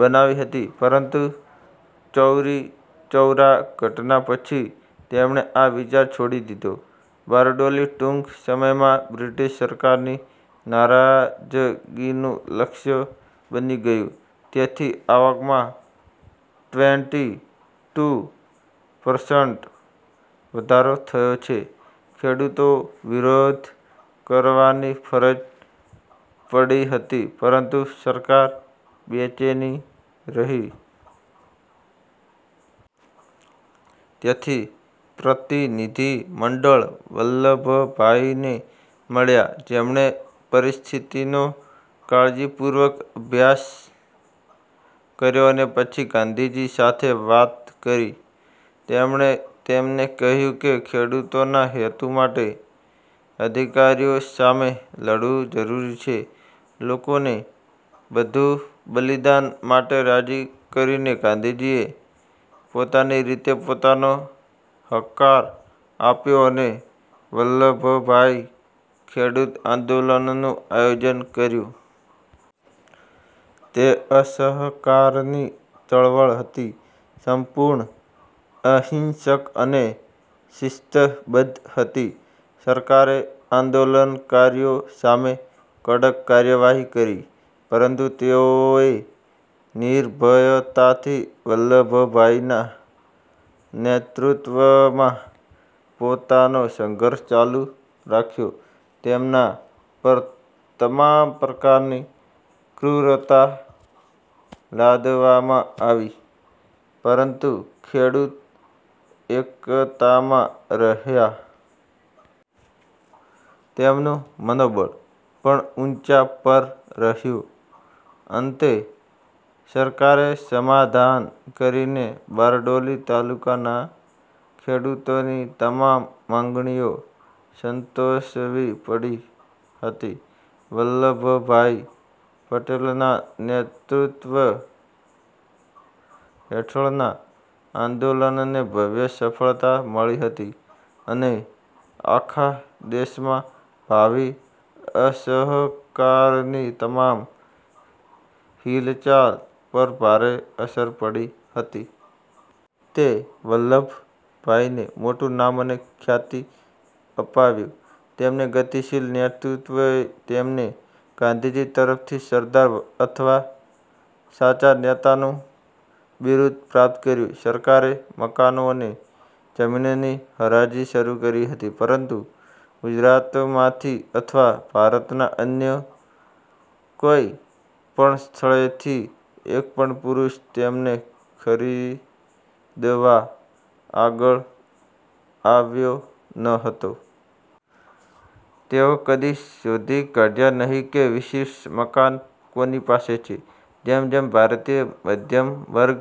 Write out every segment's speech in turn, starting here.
બનાવી હતી, પરંતુ ચૌરી-ચૌરા ઘટના પછી તેમણે આ વિચાર છોડી દીધો. બારડોલી ટૂંક સમયમાં બ્રિટીશ સરકારની નારાજગીનું લક્ષ્ય બની ગયું. તેથી, આવકમાં ટ્વેન્ટી ટૂ પરસન્ટ વધારો થયો છે. ખેડુતો વિરોધ કરવાની ફરજ પડી હતી પરંતુ સરકાર બેચેની રહી. તેથી પ્રતિનિધિ મંડળ વલ્લભભાઇને મળ્યા, જેમણે પરિસ્થિતિનો કાળજીપૂર્વક અભ્યાસ કર્યો અને પછી ગાંધીજી સાથે વાત કરી. તેમણે તેમને કહ્યું કે, ખેડૂતોના હેતુ માટે અધિકારીઓ સામે લડવું જરૂરી છે. લોકોને બધુ બલિદાન માટે રાજી કરીને ગાંધીજીએ પોતાની રીતે પોતાનો હકાર આપ્યો અને વલ્લભભાઇ, ખેડૂત આંદોલનનું આયોજન કર્યું. તે અસહકારની ચળવળ હતી, સંપૂર્ણ અહિંસક અને શિસ્તબદ્ધ હતી. સરકારે આંદોલનકારીઓ સામે કડક કાર્યવાહી કરી પરંતુ તેઓએ નિર્ભયતાથી વલ્લભભાઇના નેતૃત્વમાં પોતાનો સંઘર્ષ ચાલુ રાખ્યો. તેમના પર તમામ પ્રકારની ક્રૂરતા લાદવામાં આવી પરંતુ ખેડૂત એકતામાં રહ્યા. તેમનું મનોબળ પણ ઉંચા પર રહ્યું. અંતે સરકારે સમાધાન કરીને બારડોલી તાલુકાના ખેડુતોની તમામ માંગણીઓ સંતોષવી પડી હતી. વલ્લભભાઇ પટેલના નેતૃત્વ હેઠળના આંદોલનને ભવ્ય સફળતા મળી હતી અને આખા દેશમાં ભાવિ અસહકારની તમામ હિલચાલ પર ભારે અસર પડી હતી. તે વલ્લભભાઇને મોટું નામ અને ખ્યાતિ અપાવ્યું. તેમની ગતિશીલ નેતૃત્વએ તેમને ગાંધીજી તરફથી સરદાર અથવા સાચા નેતાનું બિરુદ પ્રાપ્ત કર્યું. સરકારે મકાનો અને જમીનની હરાજી શરૂ કરી હતી. પરંતુ ગુજરાતમાંથી અથવા ભારતના અન્ય કોઈ પણ સ્થળેથી એક પણ પુરુષ તેમને ખરીદવા આગળ આવ્યો ન હતો. તેઓ કદી શોધી શક્યા નહીં કે વિશિષ્ટ મકાન કોની પાસે છે. જેમ જેમ ભારતીય મધ્યમ વર્ગ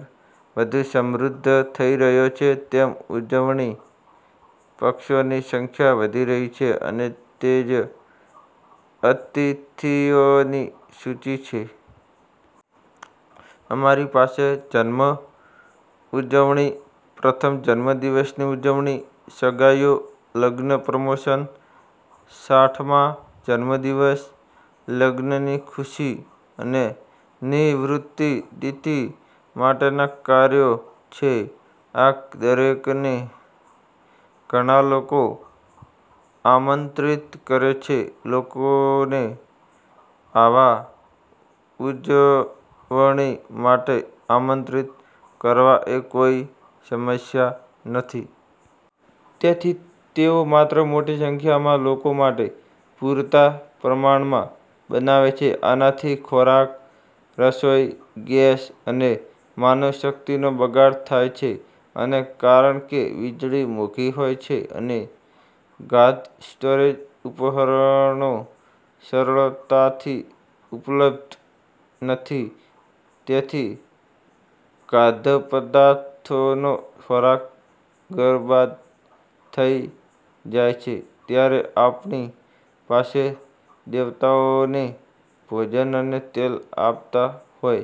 વધુ સમૃદ્ધ થઈ રહ્યો છે, તેમ ઉજવણી પક્ષોની સંખ્યા વધી રહી છે અને તે જ અતિથિઓની સૂચિ છે. અમારી પાસે જન્મ ઉજવણી, પ્રથમ જન્મદિવસની ઉજવણી, સગાઈઓ, લગ્ન, પ્રમોશન, સાઠમા જન્મદિવસ, લગ્નની ખુશી અને નિવૃત્તિ નીતિ માટેનાં કાર્યો છે. આ દરેકને ઘણાં લોકો આમંત્રિત કરે છે. લોકોને આવા ઉજવણી માટે આમંત્રિત કરવા એ કોઈ સમસ્યા નથી. તેથી તેઓ માત્ર મોટી સંખ્યામાં લોકો માટે પૂરતા પ્રમાણમાં બનાવે છે. આનાથી ખોરાક, રસોઈ ગેસ અને માનવ શક્તિનો બગાડ થાય છે. અને કારણ કે વીજળી મોંઘી હોય છે અને ખાદ્ય સ્ટોરેજ ઉપકરણો સરળતાથી ઉપલબ્ધ નથી, તેથી ખાદ્યપદાર્થોનો ખોરાક બરબાદ થઈ જાય છે. ત્યારે આપણી પાસે દેવતાઓને ભોજન અને તેલ આપતા હોય